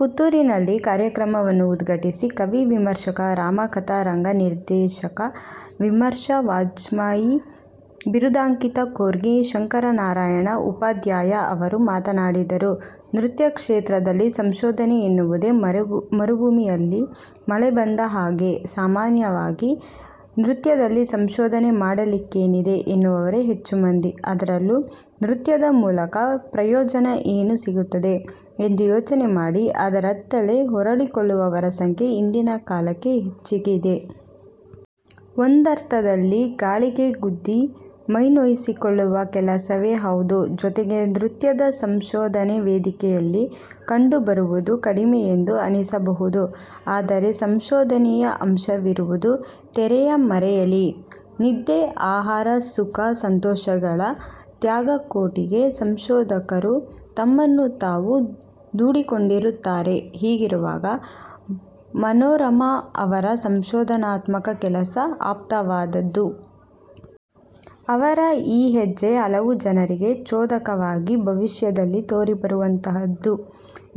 ಪುತ್ತೂರಿನಲ್ಲಿ ಕಾರ್ಯಕ್ರಮವನ್ನು ಉದ್ಘಾಟಿಸಿ ಕವಿ, ವಿಮರ್ಶಕ, 'ರಾಮಕಥಾ' ರಂಗನಿರ್ದೇಶಕ ವಿಮರ್ಶಾ ವಾಙ್ಮಯಿ ಬಿರುದಾಂಕಿತ ಕೊರ್ಗಿ ಶಂಕರನಾರಾಯಣ ಉಪಾಧ್ಯಾಯ ಅವರು ಮಾತನಾಡಿದರು. ನೃತ್ಯಕ್ಷೇತ್ರದಲ್ಲಿ ಸಂಶೋಧನೆ ಎನ್ನುವುದೇ ಮರುಭೂಮಿಯಲ್ಲಿ ಮಳೆ ಬಂದ ಹಾಗೆ. ಸಾಮನ್ಯವಾಗಿ ನೃತ್ಯದಲ್ಲಿ ಸಂಶೋಧನೆ ಮಾಡಲಿಕ್ಕೇನಿದೆ ಎನ್ನುವವರೇ ಹೆಚ್ಚು ಮಂದಿ. ಅದರಲ್ಲೂ ನೃತ್ಯದ ಮೂಲಕ ಪ್ರಯೋಜನ ಏನು ಸಿಗುತ್ತದೆ ಎಂದು ಯೋಚನೆ ಮಾಡಿ ಅದರತ್ತಲೇ ಹೊರಳಿಕೊಳ್ಳುವವರ ಸಂಖ್ಯೆ ಇಂದಿನ ಕಾಲಕ್ಕೆ ಹೆಚ್ಚಿಗಿದೆ. ಒಂದರ್ಥದಲ್ಲಿ ಗಾಳಿಗೆ ಗುದ್ದಿ ಮೈನೋಯಿಸಿಕೊಳ್ಳುವ ಕೆಲಸವೇ ಹೌದು. ಜೊತೆಗೆ ನೃತ್ಯದ ಸಂಶೋಧನೆ ವೇದಿಕೆಯಲ್ಲಿ ಕಂಡುಬರುವುದು ಕಡಿಮೆಯೆಂದು ಅನಿಸಬಹುದು. ಆದರೆ ಸಂಶೋಧನೆಯ ಅಂಶವಿರುವುದು ತೆರೆಯ ಮರೆಯಲಿ. ನಿದ್ದೆ, ಆಹಾರ, ಸುಖ ಸಂತೊಷಗಳ ತ್ಯಾಗಕೋಟಿಗೆ ಸಂಶೋಧಕರು ತಮ್ಮನ್ನು ತಾವು ದೂಡಿಕೊಂಡಿರುತ್ತಾರೆ. ಹೀಗಿರುವಾಗ ಮನೋರಮಾ ಅವರ ಸಂಶೋಧನಾತ್ಮಕ ಕೆಲಸ ಆಪ್ತವಾದದ್ದು. ಅವರ ಈ ಹೆಜ್ಜೆ ಹಲವು ಜನರಿಗೆ ಚೋದಕವಾಗಿ ಭವಿಷ್ಯದಲ್ಲಿ ತೋರಿಬರುವಂತದ್ದು.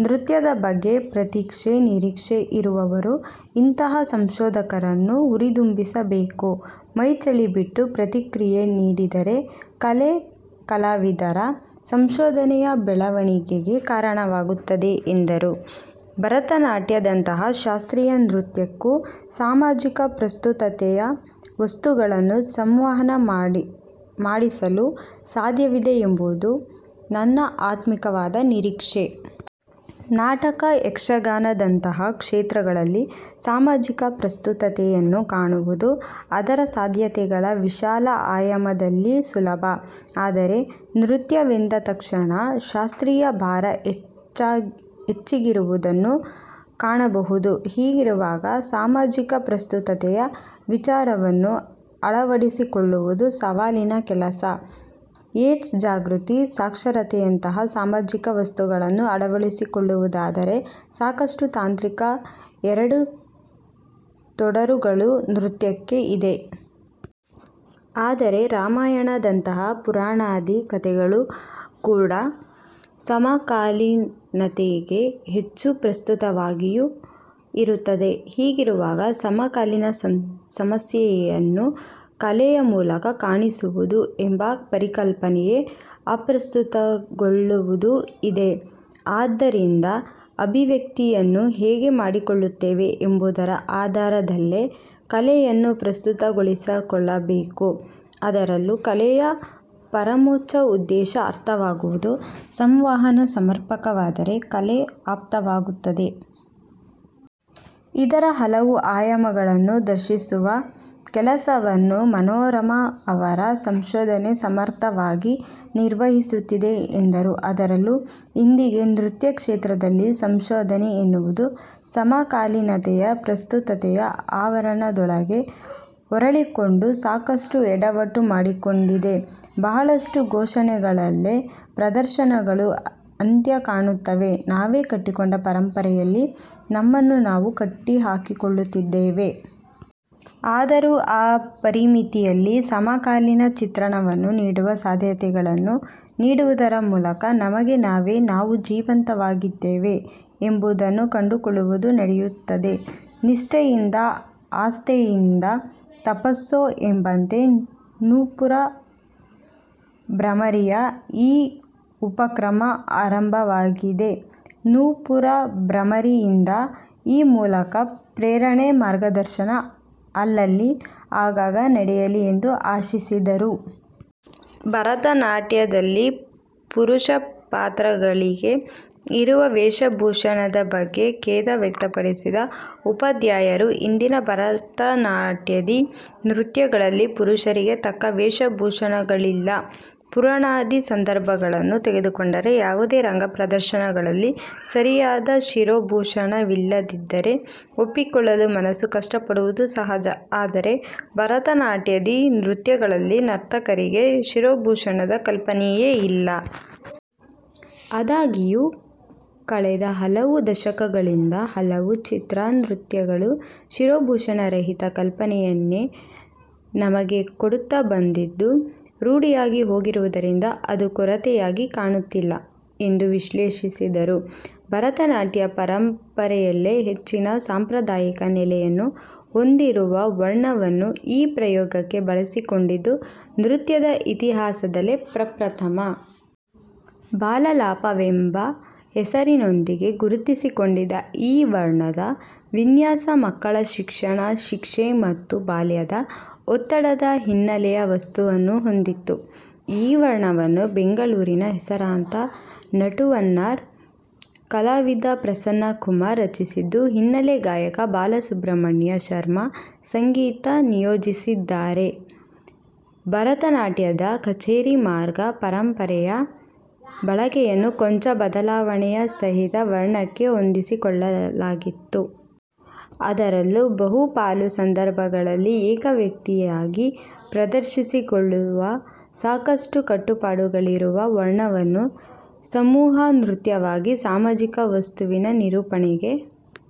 ನೃತ್ಯದ ಬಗ್ಗೆ ಪ್ರತೀಕ್ಷೆ, ನಿರೀಕ್ಷೆ ಇರುವವರು ಇಂತಹ ಸಂಶೋಧಕರನ್ನು ಹುರಿದುಂಬಿಸಬೇಕು. ಮೈಚಳಿ ಬಿಟ್ಟು ಪ್ರತಿಕ್ರಿಯೆ ನೀಡಿದರೆ ಕಲೆ, ಕಲಾವಿದರ, ಸಂಶೋಧನೆಯ ಬೆಳವಣಿಗೆಗೆ ಕಾರಣವಾಗುತ್ತದೆ ಎಂದರು. ಭರತನಾಟ್ಯದಂತಹ ಶಾಸ್ತ್ರೀಯ ನೃತ್ಯಕ್ಕೂ ಸಾಮಾಜಿಕ ಪ್ರಸ್ತುತತೆಯ ವಸ್ತುಗಳನ್ನು ಸಂವಹನ ಮಾಡಿಸಲು ಸಾಧ್ಯವಿದೆ ಎಂಬುದು ನನ್ನ ಆತ್ಮಿಕವಾದ ನಿರೀಕ್ಷೆ. ನಾಟಕ, ಯಕ್ಷಗಾನದಂತಹ ಕ್ಷೇತ್ರಗಳಲ್ಲಿ ಸಾಮಾಜಿಕ ಪ್ರಸ್ತುತತೆಯನ್ನು ಕಾಣುವುದು ಅದರ ಸಾಧ್ಯತೆಗಳ ವಿಶಾಲ ಆಯಾಮದಲ್ಲಿ ಸುಲಭ. ಆದರೆ ನೃತ್ಯವೆಂದ ತಕ್ಷಣ ಶಾಸ್ತ್ರೀಯ ಭಾರ ಹೆಚ್ಚಿಗಿರುವುದನ್ನು ಕಾಣಬಹುದು. ಹೀಗಿರುವಾಗ ಸಾಮಾಜಿಕ ಪ್ರಸ್ತುತತೆಯ ವಿಚಾರವನ್ನು ಅಳವಡಿಸಿಕೊಳ್ಳುವುದು ಸವಾಲಿನ ಕೆಲಸ. ಏಯ್ಡ್ಸ್ ಜಾಗೃತಿ, ಸಾಕ್ಷರತೆಯಂತಹ ಸಾಮಾಜಿಕ ವಸ್ತುಗಳನ್ನು ಅಳವಡಿಸಿಕೊಳ್ಳುವುದಾದರೆ ಸಾಕಷ್ಟು ತಾಂತ್ರಿಕ ಎಡರುತೊಡರುಗಳು ನೃತ್ಯಕ್ಕೆ ಇದೆ. ಆದರೆ ರಾಮಾಯಣದಂತಹ ಪುರಾಣಾದಿ ಕಥೆಗಳೂ ಕೂಡಾ ಸಮಕಾಲೀನತೆಗೆ ಹೆಚ್ಚು ಪ್ರಸ್ತುತವಾಗಿಯೂ ಇರುತ್ತದೆ. ಹೀಗಿರುವಾಗ ಸಮಕಾಲೀನ ಸಮಸ್ಯೆಯನ್ನು ಕಲೆಯ ಮೂಲಕ ಕಾಣಿಸುವುದು ಎಂಬ ಪರಿಕಲ್ಪನೆಯೇ ಅಪ್ರಸ್ತುತಗೊಳ್ಳುವುದೂ ಇದೆ. ಆದ್ದರಿಂದ ಅಭಿವ್ಯಕ್ತಿಯನ್ನು ಹೇಗೆ ಮಾಡಿಕೊಳ್ಳುತ್ತೇವೆ ಎಂಬುದರ ಆಧಾರದಲ್ಲೇ ಕಲೆಯನ್ನು ಪ್ರಸ್ತುತಗೊಳಿಸಿಕೊಳ್ಳಬೇಕು ಅದರಲ್ಲೂ ಕಲೆಯ ಪರಮೋಚ್ಛ ಉದ್ದೇಶ 'ಅರ್ಥವಾಗುವುದು'. ಸಂವಹನ ಸಮರ್ಪಕವಾದರೆ ಕಲೆ ಆಪ್ತವಾಗುತ್ತದೆ. ಇದರ ಹಲವು ಆಯಾಮಗಳನ್ನು ದರ್ಶಿಸುವ ಕೆಲಸವನ್ನು ಮನೋರಮಾ ಅವರ ಸಂಶೋಧನೆ ಸಮರ್ಥವಾಗಿ ನಿರ್ವಹಿಸುತ್ತಿದೆ ಎಂದರು. ಅದರಲ್ಲೂ ಇಂದಿಗೆ ನೃತ್ಯಕ್ಷೇತ್ರದಲ್ಲಿ ಸಂಶೋಧನೆ ಎನ್ನುವುದು ಸಮಕಾಲೀನತೆಯ ಪ್ರಸ್ತುತತೆಯ ಆವರಣದೊಳಗೆ ಹೊರಳಿಕೊಂಡು ಸಾಕಷ್ಟು ಎಡವಟ್ಟು ಮಾಡಿಕೊಂಡಿದೆ. ಬಹಳಷ್ಟು ಘೋಷಣೆಗಳಲ್ಲೇ ಪ್ರದರ್ಶನಗಳು ಅಂತ್ಯ ಕಾಣುತ್ತವೆ. ನಾವೇ ಕಟ್ಟಿಕೊಂಡ ಪರಂಪರೆಯಲ್ಲಿ ನಮ್ಮನ್ನು ನಾವು ಕಟ್ಟಿಹಾಕಿಕೊಳ್ಳುತ್ತಿದ್ದೇವೆ. ಆದರೂ ಆ ಪರಿಮಿತಿಯಲ್ಲಿ ಸಮಕಾಲೀನ ಚಿತ್ರಣವನ್ನು ನೀಡುವ ಸಾಧ್ಯತೆಗಳನ್ನು ನೀಡುವುದರ ಮೂಲಕ ನಮಗೆ ನಾವೇ 'ನಾವು ಜೀವಂತವಾಗಿದ್ದೇವೆ' ಎಂಬುದನ್ನು ಕಂಡುಕೊಳ್ಳುವುದು ನಡೆಯುತ್ತದೆ. ನಿಷ್ಠೆಯಿಂದ, ಆಸ್ಥೆಯಿಂದ, ತಪಸ್ಸೋ ಎಂಬಂತೆ ನೂಪುರ ಭ್ರಮರಿಯ ಈ ಉಪಕ್ರಮ ಆರಂಭವಾಗಿದೆ. ನೂಪುರ ಭ್ರಮರಿಯಿಂದ ಈ ಮೂಲಕ ಪ್ರೇರಣೆ, ಮಾರ್ಗದರ್ಶನ ಅಲ್ಲಲ್ಲಿ ಆಗಾಗ ನಡೆಯಲಿ ಎಂದು ಆಶಿಸಿದರು. ಭರತನಾಟ್ಯದಲ್ಲಿ ಪುರುಷ ಪಾತ್ರಗಳಿಗೆ ಇರುವ ವೇಷಭೂಷಣದ ಬಗ್ಗೆ ಖೇದ ವ್ಯಕ್ತಪಡಿಸಿದ ಉಪಾಧ್ಯಾಯರು ಇಂದಿನ ಭರತನಾಟ್ಯಾದಿ ನೃತ್ಯಗಳಲ್ಲಿ ಪುರುಷರಿಗೆ ತಕ್ಕ ವೇಷಭೂಷಣಗಳಿಲ್ಲ. ಪುರಾಣಾದಿ ಸಂದರ್ಭಗಳನ್ನು ತೆಗೆದುಕೊಂಡರೆ ಯಾವುದೇ ರಂಗ ಪ್ರದರ್ಶನಗಳಲ್ಲಿ ಸರಿಯಾದ ಶಿರೋಭೂಷಣವಿಲ್ಲದಿದ್ದರೆ ಒಪ್ಪಿಕೊಳ್ಳಲು ಮನಸ್ಸು ಕಷ್ಟಪಡುವುದು ಸಹಜ. ಆದರೆ ಭರತನಾಟ್ಯಾದಿ ನೃತ್ಯಗಳಲ್ಲಿ ನರ್ತಕರಿಗೆ ಶಿರೋಭೂಷಣದ ಕಲ್ಪನೆಯೇ ಇಲ್ಲ. ಆದಾಗ್ಯೂ ಕಳೆದ ಹಲವು ದಶಕಗಳಿಂದ ಹಲವು ಚಿತ್ರ, ನೃತ್ಯ, ಗಳು ಶಿರೋಭೂಷಣ ರಹಿತ ಕಲ್ಪನೆಯನ್ನೇ ನಮಗೆ ಕೊಡುತ್ತಾ ಬಂದಿದ್ದು; ರೂಢಿಯಾಗಿ ಹೋಗಿರುವುದರಿಂದ ಅದು ಕೊರತೆಯಾಗಿ ಕಾಣುತ್ತಿಲ್ಲ. ಎಂದು ವಿಶ್ಲೇಷಿಸಿದರು. ಭರತನಾಟ್ಯ ಪರಂಪರೆಯಲ್ಲೇ ಹೆಚ್ಚಿನ ಸಾಂಪ್ರ್ರದಾಯಿಕ ನೆಲೆಯನ್ನು ಹೊಂದಿರುವ ವರ್ಣವನ್ನು ಈ ಪ್ರಯೋಗಕ್ಕೆ ಬಳಸಿಕೊಂಡಿದ್ದು ನೃತ್ಯದ ಇತಿಹಾಸದಲ್ಲೇ ಪ್ರಪ್ರಥಮ. 'ಬಾಲಾಲಾಪ' ವೆಂಬ ಹೆಸರಿನೊಂದಿಗೆ ಗುರುತಿಸಿಕೊಂಡಿದ್ದ ಈ ವರ್ಣದ ವಿನ್ಯಾಸಮಕ್ಕಳ ಶಿಕ್ಷಣ, ಶಿಕ್ಷೆ ಮತ್ತು ಬಾಲ್ಯದ ಒತ್ತಡದ ಹಿನ್ನೆಲೆಯ ವಸ್ತುವನ್ನು ಹೊಂದಿತ್ತು. ಈ ವರ್ಣವನ್ನು ಬೆಂಗಳೂರಿನ ಹೆಸರಾಂತ ನಟುವನ್ನಾರ್ ಕಲಾವಿದ ಪ್ರಸನ್ನಕುಮಾರ್ ರಚಿಸಿದ್ದು; ಹಿನ್ನೆಲೆ ಗಾಯಕ ಬಾಲಸುಬ್ರಹ್ಮಣ್ಯ ಶರ್ಮ ಸಂಗೀತ ಸಂಯೋಜಿಸಿದ್ದಾರೆ. ಭರತನಾಟ್ಯದ ಕಛೇರಿಮಾರ್ಗ ಪರಂಪರೆಯ ಬಳಕೆಯನ್ನು ಕೊಂಚ ಬದಲಾವಣೆಯ ಸಹಿತ ವರ್ಣಕ್ಕೆ ಹೊಂದಿಸಿಕೊಳ್ಳಲಾಗಿತ್ತು. ಅದರಲ್ಲೂ ಬಹುಪಾಲು ಸಂದರ್ಭಗಳಲ್ಲಿ ಏಕವ್ಯಕ್ತಿಯಾಗಿ ಪ್ರದರ್ಶಿತಗೊಳ್ಳುವ ಸಾಕಷ್ಟು ಕಟ್ಟುಪಾಡುಗಳಿರುವ ವರ್ಣವನ್ನು ಸಮೂಹನೃತ್ಯವಾಗಿ, ಸಾಮಾಜಿಕ ವಸ್ತುವಿನ ನಿರೂಪಣೆಗೆ